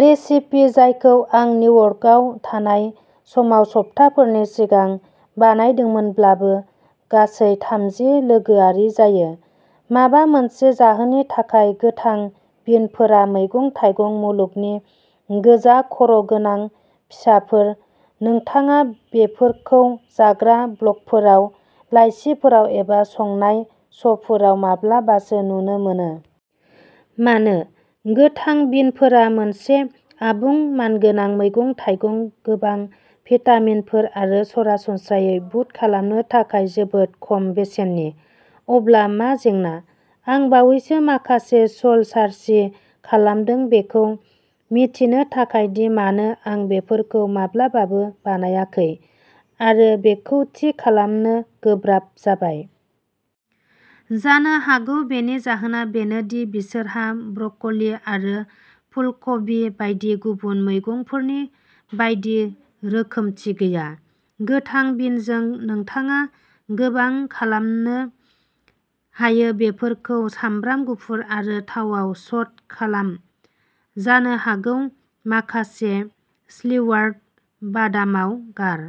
Recipe जायखौ आं निउयर्कआव थानाय समाव सप्ताहफोरनि सिगां बानायदोंमोनब्लाबो गासै थामजि लोगोआरि जायो। माबा मोनसे जाहोननि थाखाय, गोथां बिनफोरा मैगं-थाइगं मुलुगनि गोजा खर'गोनां फिसाफोर। नोंथाङा बेफोरखौ जाग्रा ब्लगफोराव, लाइसिफोराव, एबा संनाय श'फोराव माब्लाबासो नुनो मोनो। मानो? गोथां बिनफोरा मोनसे आबुं मानगोनां मैगं-थाइगं गोबां भिटामिनफोर आरो सरासनस्रायै बुट खालामनो थाखाय जोबोद खम बेसेननि। अब्ला मा जेंना? आं बावैसो माखासे सोल सार्चिं खालामदों बेखौ मिथिनो थाखाय दि मानो आं बेफोरखौ माब्लाबाबो बानायाखै, आरो बेखौ थि खालामनो गोब्राब जाबाय। जानो हागौ बेनि जाहोना बेनो दि बिसोरहा ब्रकलि आरो फुलकबि बायदि गुबुन मैगंफोरनि बायदि रोखोमथि गैया। गोथां बिनजों नोंथाङा गोबां खालामनो हायो बेफोरखौ सामब्राम गुफुर आरो थावाव स'ट खालाम, जानो हागौ माखासे स्लिवार्ड बादामआव गार।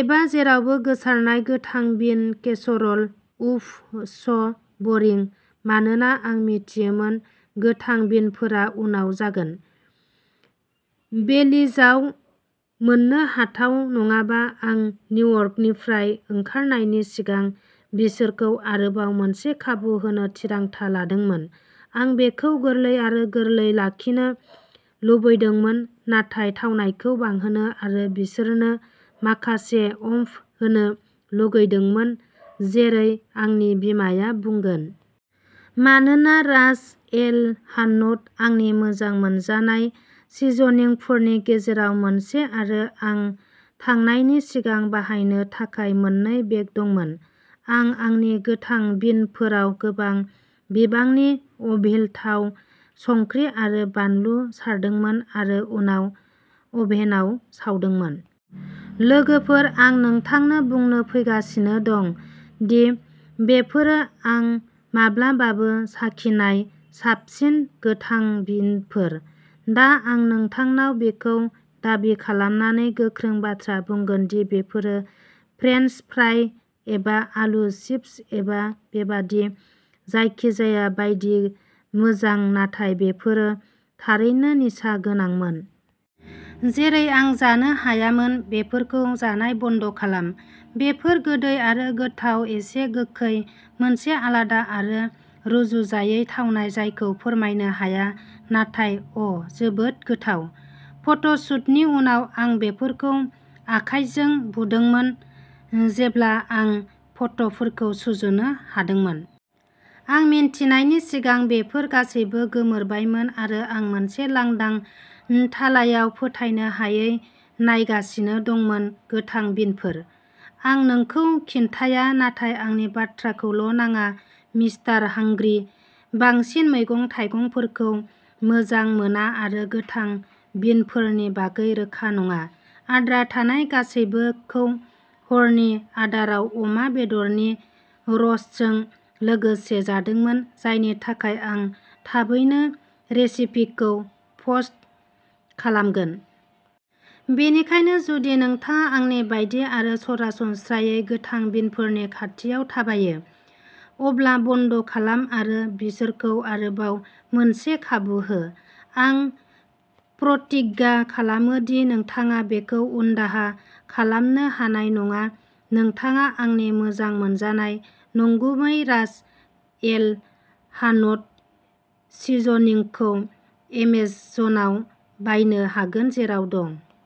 एबा जेरावबो गोसारनाय गोथां बिन केसर'ल। उफ सो बोरिं। मानोना आं मिथियोमोन गोथां बिनफोरा उनाव जागोन। बेलिजआव मोननो हाथाव नङाबा, आं निउयर्कनिफ्राय ओंखारनायनि सिगां बिसोरखौ आरोबाव मोनसे खाबु होनो थिरांथा लादोंमोन। आं बेखौ गोरलै आरो गोरलै लाखिनो लुगैदोंमोन, नाथाय थावनायखौ बांहोनो आरो बिसोरनो माखासे ओम्फ होनो लुगैदोंमोन, जेरै आंनि बिमाया बुंगोन। मानोना रास एल हानौत आंनि मोजां मोनजानाय सिजनिंफोरनि गेजेराव मोनसे, आरो आं थांनायनि सिगां बाहायनो थाखाय मोननै बेग दंमोन, आं आंनि गोथां बिनफोराव गोबां बिबांनि अलिभ थाव, संख्रि आरो बानलु सारदोंमोन, आरो उनाव अभेनआव सावदोंमोन। लोगोफोर, आं नोंथांनो बुंनो फैगासिनो दं दि बेफोरो आं माब्लाबाबो साखिनाय साबसिन गोथां बिनफोर। दा आं नोंथांनाव बेखौ दाबि खालामनानै गोख्रों बाथ्रा बुंगोन दि बेफोरो फ्रेन्स फ्राइ एबा आलु चिप्स एबा बेबादि जायखिजाया बायदि मोजां नाथाय बेफोरो थारैनो निसा गोनांमोन। जेरै आं जानो हायामोन। बेफोरखौ जानाय बन्द खालाम। बेफोर गोदै आरो गोथाव, एसे गोखै, मोनसे आलादा आरो रुजुजायै थावनाय जायखौ फोरमायनो हाया, नाथाय अ'ह जोबोद गोथाव। फट'शूटनि उनाव आं बेफोरखौ आखाइजों बुदोंमोन जेब्ला आं फट'फोरखौ सुजुनो हादोंमोन। आं मिन्थिनायनि सिगां बेफोर गासैबो गोमोरबायमोन आरो आं मोनसे लांदां थालायाव फोथायनो हायै नायगासिनो दंमोन गोथां बिनफोर? आं नोंखौ खिन्थाया नाथाय आंनि बाथ्राखौल' नाङा मिस्टार हांग्रि, बांसिन मैगं-थाइगंफोरखौ मोजां मोना आरो गोथां बिनफोरनि बागै रोखा नङा, आद्रा थानाय गासैबोखौ हरनि आदाराव अमा बेदरनि रोस्टजों लोगोसे जादोंमोन, जायनि थाखाय आं थाबैनो रेसिपिखौ पस्ट खालामगोन। बेनिखायनो जुदि नोंथाङा आंनि बायदि आरो सरासनस्रायै गोथां बिनफोरनि खाथियाव थाबायो, अब्ला बन्द खालाम आरो बिसोरखौ आरोबाव मोनसे खाबु हो आं प्रतिज्ञा खालामो दि नोंथाङा बेखौ उनदाहा खालामनो हानाय नङा नोंथाङा आंनि मोजां मोनजानाय नंगुबै रास एल हान'ट सिजनिंखौ एमेजनआव बायनो हागोन, जेराव दं।